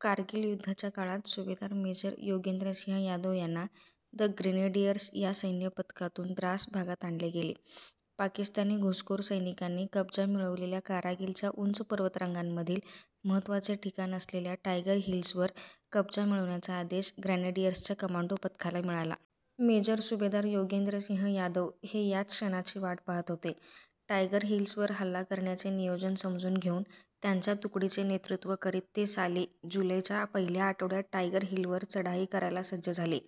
कारगिल युद्धाच्या काळात सुभेदार मेजर योगेंद्रसिंह यादव यांना ' द ग्रेनेडियर्स' या सैन्यपथकातून द्रास भागात आणले गेले. पाकिस्तानी घुसखोर सैनिकांनी कब्जा मिळवलेल्या कारगिलच्या उंच पर्वतरांगांमधील महत्त्वाचे ठिकाण असलेल्या टायगर हिल्सवर कब्जा मिळवण्याचा आदेश ग्रेनेडियर्सच्या कमांडो पथकाला मिळाला. मेजर सुभेदार योगेंद्रसिंह यादव हे याच क्षणाची वाट पाहत होते. टायगर हिल्सवर हल्ला करण्याचे नियोजन समजून घेऊन त्यांच्या तुकडीचे नेतृत्व करीत ते साली जुलैच्या पहिल्या आठवड्यात टायगर हिलवर चढाई करायला सज्ज झाले.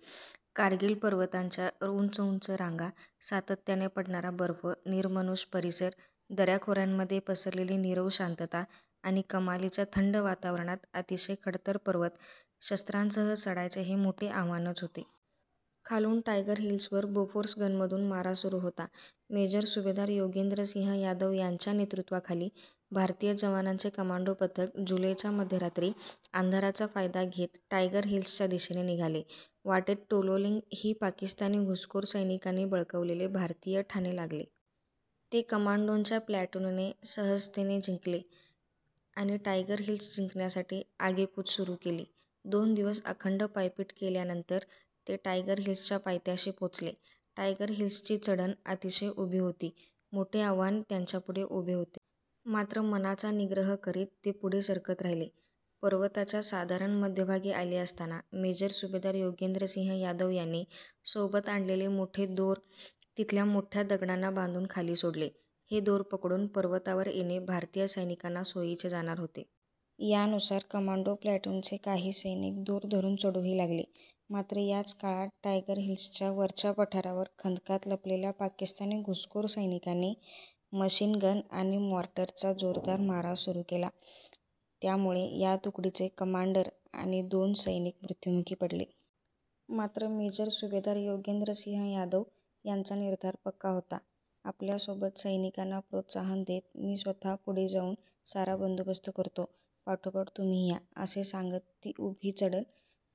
कारगिल पर्वतांच्या उंच उंच रांगा, सातत्याने पडणारा बर्फ, निर्मनुष्य परिसर, दऱ्याखोऱ्यांमध्ये पसरलेली नीरव शांतता आणि कमालीच्या थंड वातावरणात अतिशय खडतर पर्वत, शस्त्रांसह चढायचे हे मोठे आव्हानच होते. खालून टायगर हिल्सवर बोफोर्स गनमधून मारा सुरू होता. मेजर सुभेदार योगेंद्र सिंह यादव यांच्या नेतृत्वाखाली भारतीय जवानांचे कमांडो पथक जुलैच्या मध्यरात्री अंधाराचा फायदा घेत टायगर हिल्सच्या दिशेने निघाले. वाटेत 'टोलोलिंग' हे पाकिस्तानी घुसखोर सैनिकांनी बळकावलेले भारतीय ठाणे लागले. ते कमांडोंच्या प्लॅटूनने सहजतेने जिंकले आणि टायगर हिल्स जिंकण्यासाठी आगेकूच सुरू केली. दोन दिवस अखंड पायपीट केल्यानंतर ते टायगर हिल्सच्या पायथ्याशी पोहोचले. टायगर हिल्सची चढण अतिशय उभी होती. मोठे आव्हान त्यांच्यापुढे उभे होते. मात्र मनाचा निग्रह करीत ते पुढे सरकत राहिले. पर्वताच्या साधारण मध्यभागी आले असताना मेजर सुभेदार योगेंद्रसिंह यादव यांनी सोबत आणलेले मोठे दोर तिथल्या मोठ्या दगडांना बांधून खाली सोडले. हे दोर पकडून पर्वतावर येणे भारतीय सैनिकांना सोयीचे जाणार होते. यानुसार कमांडो प्लॅटूनचे काही सैनिक दोर धरून चढूही लागले. मात्र याच काळात टायगर हिल्सच्या वरच्या पठारावर खंदकात लपलेल्या पाकिस्तानी घुसखोर सैनिकांनी मशीनगन आणि मॉर्टरचा जोरदार मारा सुरू केला. त्यामुळे या तुकडीचे कमांडर आणि दोन सैनिक मृत्युमुखी पडले. मात्र मेजर सुभेदार योगेंद्रसिंह यादव यांचा निर्धार पक्का होता. आपल्या सोबत सैनिकांना प्रोत्साहन देत, "मी स्वतः पुढे जाऊन सारा बंदोबस्त करतो, पाठोपाठ तुम्ही या" असे सांगत ती उभी चढण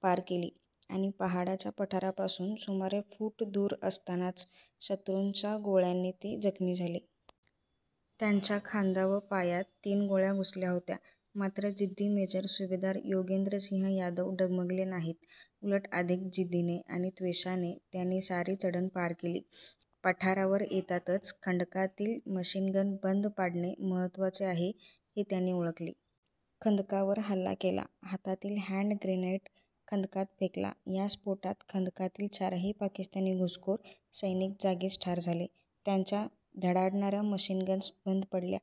पार केली. आणि पहाडाच्या पठारापासून सुमारे फूट दूर असतानाच शत्रूंच्या गोळ्यांनी ते जखमी झाले. त्यांच्या खांदा व पायात तीन गोळ्या घुसल्या होत्या. मात्र जिद्दी मेजर सुभेदार योगेंद्रसिंह यादव डगमगले नाहीत. उलट अधिक जिद्दीने आणि त्वेषाने त्यांनी सारी चढण पार केली. पठारावर येतातच खंडकातील मशीनगन बंद पाडणे महत्त्वाचे आहे, हे त्यांनी ओळखले. खंदकावर हल्ला केला. हातातील हॅन्ड ग्रॅनाईट खंदकात फेकला. या स्फोटात खंदकातील चारही पाकिस्तानी घुसखोर सैनिक जागीच ठार झाले. त्यांच्या धडाडणाऱ्या मशीनगन्स बंद पडल्या.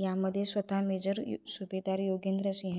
यामध्ये स्वतः मेजर सुभेदार योगेंद्रसिंह